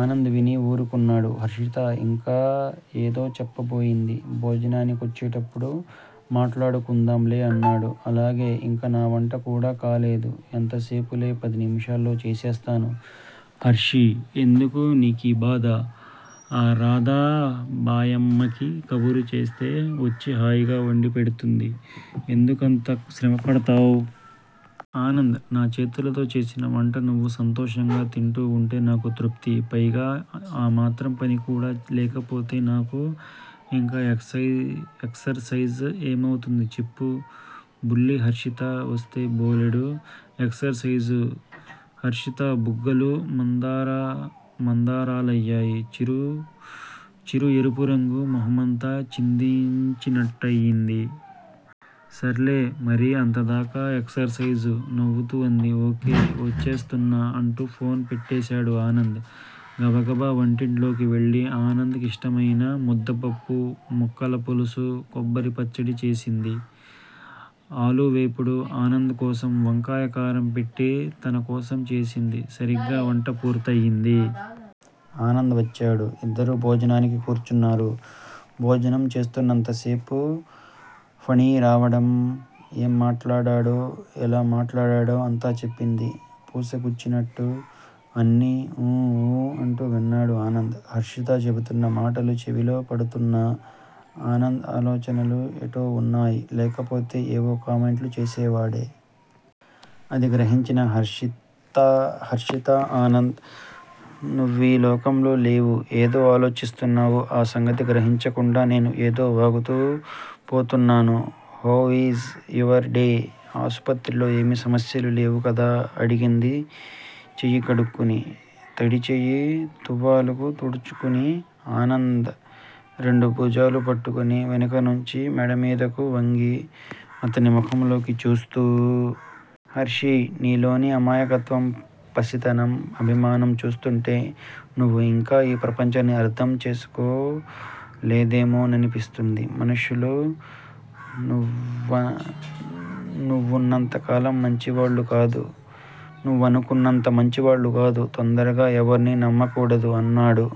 ఆనంద్ విని వూరుకున్నాడు. హర్షిత ఇంకా ఏదో చెప్పబోయింది. భోజనానికొచ్చేప్పుడు మాట్లాడుకుందాంలే అన్నాడు. అలాగే! ఇంకా నా వంట కూడా కాలేదు. ఎంత సేపులే పదినిముషాల్లో చేసేస్తాను హర్షీ! ఎందుకు నీకీబాధ,. ఆ రాధాబాయమ్మకి కబురు చేస్తే వొచ్చి హాయిగా వండి పెడుతుంది. ఎందుకంత శ్రమ పడతావ్? ఆనంద్! నాచేతులతో చేసిన వంట నువ్వు సంతోషంగా తింటూ ఉంటే నాకు తృప్తి! పైగా ఆ మాత్రం పని కూడా లేకపోతే నాకు ఇంక ఎక్సర్ సైజు ఏముంది చెప్పు? బుల్లి హర్షిత వొస్తే బోలెడు ఎక్సర్ సైజ్ హర్షిత బుగ్గలు మందారాలయ్యాయి. చిరు ఎరుపు రంగు మొహమంతా చిందినట్టయింది. సర్లే! మరి అంతదాకా ఎక్సర్ సైజ్! నవ్వుతూ అంది. ఓకే.! ఒచ్చేస్తున్నా అంటూ ఫోన్ పెట్టేశాడు ఆనంద్. గబగబా వంటింట్లోకి వెళ్ళి ఆనంద్ కిష్టమయిన ముద్దపప్పు, ముక్కల పులుసూ, కొబ్బరిపచ్చడి చేసింది. ఆలూవేపుడు ఆనంద్ కోసం, వంకాయ కారం పెట్టి తనకోసం చేసింది. సరిగ్గా వంట పూర్తయ్యింది. ఆనంద్ వచ్చాడు. ఇద్దరూ భోజనానికి కూర్చున్నారు. భోజనం చేస్తున్నంతసేపూ ఫణిరావడం, ఏం మాట్లాడాడో, ఎలా మాట్లాడాడో అంతా చెప్పింది, పూసగుచ్చినట్లు. అన్నీ 'ఊ ఊ. ' అంటూ విన్నాడు ఆనంద్! హర్షిత చెబుతున్న మాటలు చెవిలో పడుతూన్నా, ఆనంద్ ఆలోచనలు ఎటో ఉన్నాయి. లేకపోతే ఏవో కామెంట్లు చేసేవాడే! అది గ్రహించిన హర్షిత ఆనంద్! నువ్వీలోకంలో లేవు, ఏదో ఆలోచిస్తున్నావు. ఆ సంగతి గ్రహించకుండా నేను ఏదో వాగుతూ పోతున్నాను. How is your day! ఆసుపత్రిలో ఏమీ సమస్యలు లేవు కదా అడిగింది చెయ్యి కడుక్కుని. తడి చెయ్యి తువ్వాలుకు తుడుచుకుని ఆనంద్ రెండు భుజాలూ పట్టుకుని వెనకనుంచి మెడమీదకు వంగి, అతని మొహంలోకి చూస్తూ. హర్షీ! నీలోని అమాయకత్వం, పసితనం, అభిమానం చూస్తూంటే, నువ్వు ఇంకా ఈ ప్రపంచాన్ని అర్ధం చేసుకోలేదేమోననిపిస్తుంది. మనుషులు నువ్వనుకున్నంత మంచివాళ్ళు కాదు. తొందరగా ఎవర్నీ నమ్మకూడదు అన్నాడు.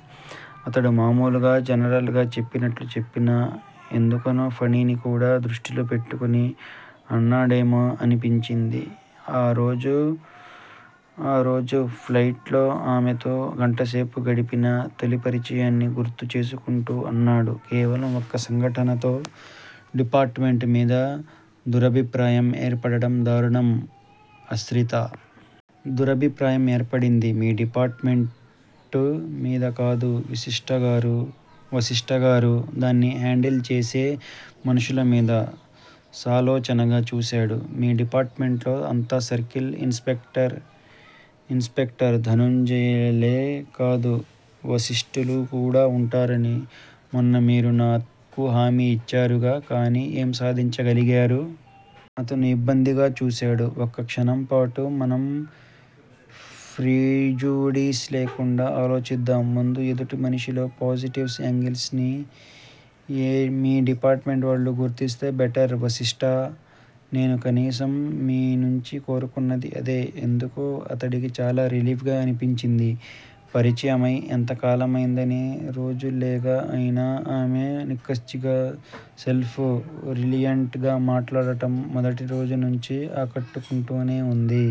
అతడు మామూలుగా జనరల్ గా చెప్పినట్లు చెప్పినా, ఎందుకనో ఫణిని కూడా దృష్టిలో పెట్టుకుని అన్నాడేమోననిపించింది. ఆ రోజు ఫ్లైట్ లో ఆమెతో గంటసేపు గడిపిన తొలి పరిచయాన్ని గుర్తుచేసుకుంటూ అన్నాడు- కేవలం ఒక్క సంఘటనతో మా డిపార్టుమెంటు మీద దురభిప్రాయం ఏర్పడటం దారుణం ఆశ్రితా! దురభిప్రాయం ఏర్పడింది మీ డిపార్టుమెంటు మీద కాదు వశిష్ట గారూ! దాన్ని హేండిల్ చేసే మనుషుల మీద సాలోచనగా చూశాడు. మీ డిపార్టుమెంట్ లో అంతా సర్కిల్ ఇన్స్ పెక్టర్ ధనుంజయలే కాదు వశిష్టలూ వుంటారని మొన్న మీరు నాకు హామీ ఇచ్చారుగా? కాని ఏం సాధించగలిగారు? అతను ఇబ్బందిగా చూశాడు. ఒక్క క్షణంపాటు మనం ప్రిజుడీస్ లేకుండా ఆలోచిద్దాం ముందు ఎదుటి మనిషిలోని పోజిటివ్ ఏంగిల్స్ ని మీ డిపార్టుమెంటు వాళ్ళు గుర్తిస్తే బెటరు వశిష్టా! నేను కనీసం మీనుంచి కోరుకున్నది అదే ఎందుకో అతడికి చాలా రిలీఫ్ గా అనిపించింది. పరిచయమై ఎంత కాలమైందని రోజులేగా అయినా ఆమె నిక్కచ్చిగా సెల్ఫ్ రెలియంట్ గా మాట్లాడ్డం మొదటి రోజునుంచీ ఆకట్టుకుంటూనే వుంది.